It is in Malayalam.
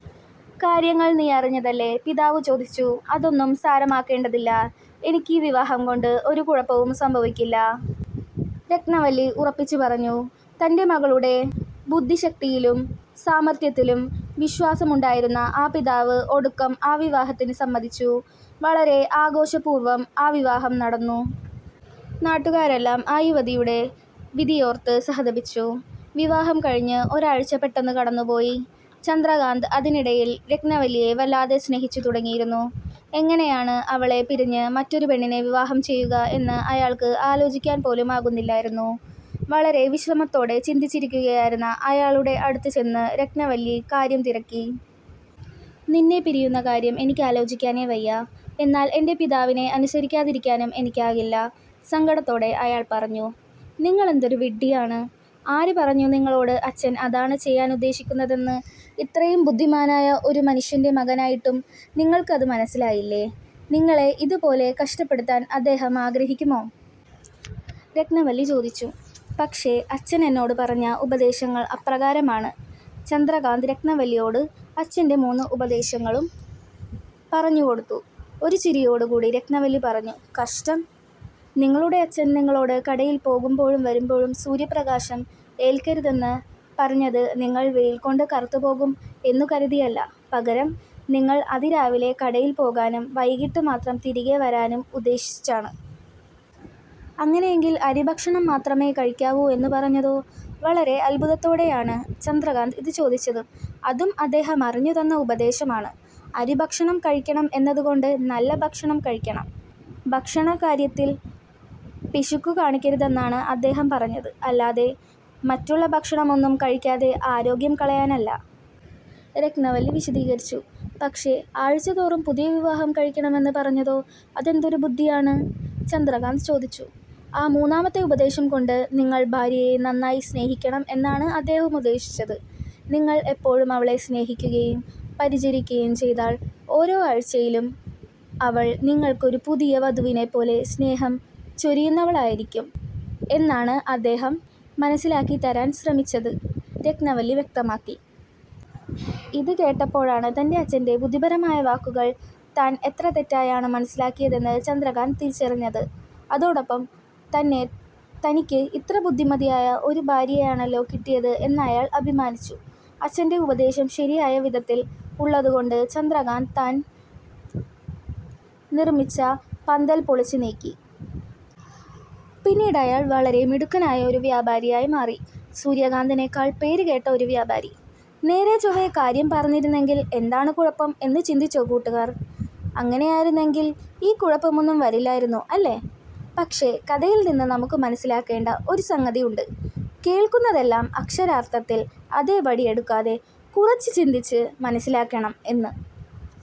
കാര്യങ്ങള് നീ അറിഞ്ഞതല്ലെ? " പിതാവ് ചോദിച്ചു "അതൊന്നും സാരമാക്കേണ്ടതില്ല. എനിക്ക് ഈ വിവാഹം കൊണ്ട് ഒരു കുഴപ്പവും സംഭവിക്കില്ല" രത്നവല്ലി ഉറപ്പിച്ചു പറഞ്ഞു. തന്റെ മകളുടെ ബുദ്ധിശക്തിയിലും സാമര്ത്ഥ്യത്തിലും വിശ്വാസമുണ്ടായിരുന്ന ആ പിതാവ് ഒടുക്കം ആ വിവാഹത്തിന് സമ്മതിച്ചു. വളരെ ആഘോഷപൂർവ്വം ആ വിവാഹം നടന്നു. നാട്ടുകാരെല്ലാം ആ യുവതിയുടെ വിധിയോര്ത്ത് സഹതപിച്ചു. വിവാഹം കഴിഞ്ഞ് ഒരാഴ്ച പെട്ടെന്നു കടന്നു പോയി. ചന്ദ്രകാന്തന് അതിനിടയില് രത്നവല്ലിയെ വല്ലാതെ സ്നേഹിച്ചു തുടങ്ങിയിരുന്നു. എങ്ങിനെയാണ് അവളെ പിരിഞ്ഞ് മറ്റൊരു പെണ്ണിനെ വിവാഹം ചെയ്യുക എന്ന് അയാള്ക്ക് ആലോചിക്കാന് പോലും ആകുന്നില്ലായിരുന്നു. വളരെ വിഷമത്തോടെ ചിന്തിച്ചിരിക്കുകയായിരുന്ന അയാളുടെ അടുത്ത് ചെന്നു രത്നവല്ലി കാര്യം തിരക്കി. "നിന്നെ പിരിയുന്ന കാര്യം എനിക്കാലോചിക്കാനേ വയ്യ. എന്നാല് ഏന്റെ പിതാവിനെ അനുസരിക്കാതിരിക്കാനും എനിക്കാകില്ല" സങ്കടത്തോടെ അയാള് പറഞ്ഞു. "നിങ്ങളെന്തൊരു വിഡ്ഡിയാണ്. ആര് പറഞ്ഞു നിങ്ങളോട് അച്ഛന് അതാണ് ചെയ്യാന് ഉപദേശിച്ചതെന്ന്. ഇത്രയും ബുദ്ധിമാനായ ഒരു മനുഷ്യന്റെ മകനായിട്ടും നിങ്ങള്ക്ക് അത് മനസ്സിലായില്ലേ? നിങ്ങളെ ഇത് പോലെ കഷ്ടപ്പെടുത്താന് അദ്ദേഹം ആഗ്രഹിക്കുമോ? " രത്നവല്ലി ചോദിച്ചു. "പക്ഷേ അച്ഛന് എന്നോടു പറഞ്ഞ ഉപദേശങ്ങള് അപ്രകാരമാണ്. " ചന്ദ്രകാന്തന് രത്നവല്ലിയോട് അച്ചന്റെ മൂന്ന് ഉപദേശങ്ങളും പറഞ്ഞു കൊടുത്തു. ഒരു ചിരിയോട് കൂടി രത്നവല്ലി പറഞ്ഞു. "കഷ്ടം. നിങ്ങളുടെ അച്ഛന് നിങ്ങളോട് കടയില് പോകുമ്പോഴും വരുമ്പോഴും സൂര്യപ്രകാശം ഏൽക്കരുതെന്ന് പറഞ്ഞത് നിങ്ങള് വെയില് കൊണ്ട് കറുത്ത് പോകും എന്നു കരുതിയല്ല, പകരം നിങ്ങള് അതിരാവിലെ കടയില് പോകാനും, വൈകീട്ട് മാത്രം തിരികെ വരാനും ഉദ്ദേശിച്ചാണ്. " "അങ്ങിനെയെങ്കില് അരിഭക്ഷണം മാത്രമേ കഴിക്കാവൂ എന്നു പറഞ്ഞതോ? " വളരെ അത്ഭുതത്തോടെയാണ് ചന്ദ്രകാന്തന് ഇത് ചോദിച്ചത്. "അതും അദ്ധേഹം അറിഞ്ഞു തന്ന ഉപദേശം ആണ്. അരി ഭക്ഷണം കഴിക്കണം എന്നത് കൊണ്ട് നല്ല ഭക്ഷണം കഴിക്കണം, ഭക്ഷണകാര്യത്തില് പിശുക്ക് കാണിക്കരുതെന്നാണ് അദ്ദേഹം പറഞ്ഞത്. അല്ലാതെ മറ്റുള്ള ഭക്ഷണം ഒന്നും കഴിക്കാതെ ആരോഗ്യം കളയാനല്ല! " രത്നവല്ലി വിശദീകരിച്ചു. "പക്ഷേ, ആഴ്ച തോറും പുതിയ വിവാഹം കഴിക്കണമെന്ന് പറഞ്ഞതോ? അതെന്തൊരു ബുദ്ധിയാണ്? " ചന്ദ്രകാന്തന് ചോദിച്ചു. "ആ മൂന്നാമത്തെ ഉപദേശം കൊണ്ട് നിങ്ങള് ഭാര്യയെ നന്നായി സ്നേഹിക്കണം എന്നാണ് അദ്ദേഹം ഉദ്ദേശിച്ചത്. നിങ്ങള് എപ്പോഴും അവളെ സ്നേഹിക്കുകയും പരിചരിക്കുകയും ചെയ്താല് ഓരോ ആഴ്ചയും അവള് നിങ്ങള്ക്ക് ഒരു പുതിയ വധുവിനെപ്പോലെ സ്നേഹം ചൊരിയുന്നവളായിരിക്കും എന്നാണ് അദ്ദേഹം മനസ്സിലാക്കിത്തരാന് ശ്രമിച്ചത്" രത്നവല്ലി വ്യക്തമാക്കി. ഇത് കേട്ടപ്പോഴാണ് തന്റെ അച്ചന്റെ ബുദ്ധിപരമായ വാക്കുകള് താന് എത്ര തെറ്റായാണ് മനസ്സിലാക്കിയത് എന്നു ചന്ദ്രകാന്തന് തിരിച്ചറിഞ്ഞത്. അതോടൊപ്പം തന്നെ തനിക്ക് ഇത്ര ബുദ്ധിമതിയായ ഒരു ഭാര്യയെയാണല്ലോ കിട്ടിയത് എന്നയാള് അഭിമാനിച്ചു. അച്ചന്റെ ഉപദേശം ശരിയായ വിധത്തില് ഉള്ളത്കൊണ്ട് ചന്ദ്രകാന്ത് താന് നിര്മ്മിച്ച പന്തല് പൊളിച്ച് നീക്കി. പിന്നീട് അയാള് വളരെ മിടുക്കനായ ഒരു വ്യാപാരിയായി മാറി സൂര്യകാന്തന്നെക്കാള് പേര് കേട്ട ഒരു വ്യാപാരി. നേരെചൊവ്വേ കാര്യം പറഞ്ഞിരുന്നെങ്കില് എന്താണ് കുഴപ്പം എന്നു ചിന്തിച്ചോ കൂട്ടുകാര്? അങ്ങിനെയായിരുന്നെങ്കില് ഈ കുഴപ്പമൊന്നും വരില്ലായിരുന്നു അല്ലേ? പക്ഷേ കഥയില് നിന്നും നമുക്ക് മനസ്സിലാക്കേണ്ട ഒരു സംഗതിയുണ്ട് കേള്ക്കുന്നതെല്ലാം അക്ഷരാര്ത്ഥത്തില് അതേപടി എടുക്കാതെ കുറച്ച് ചിന്തിച്ച് മനസ്സിലാക്കണം എന്ന്.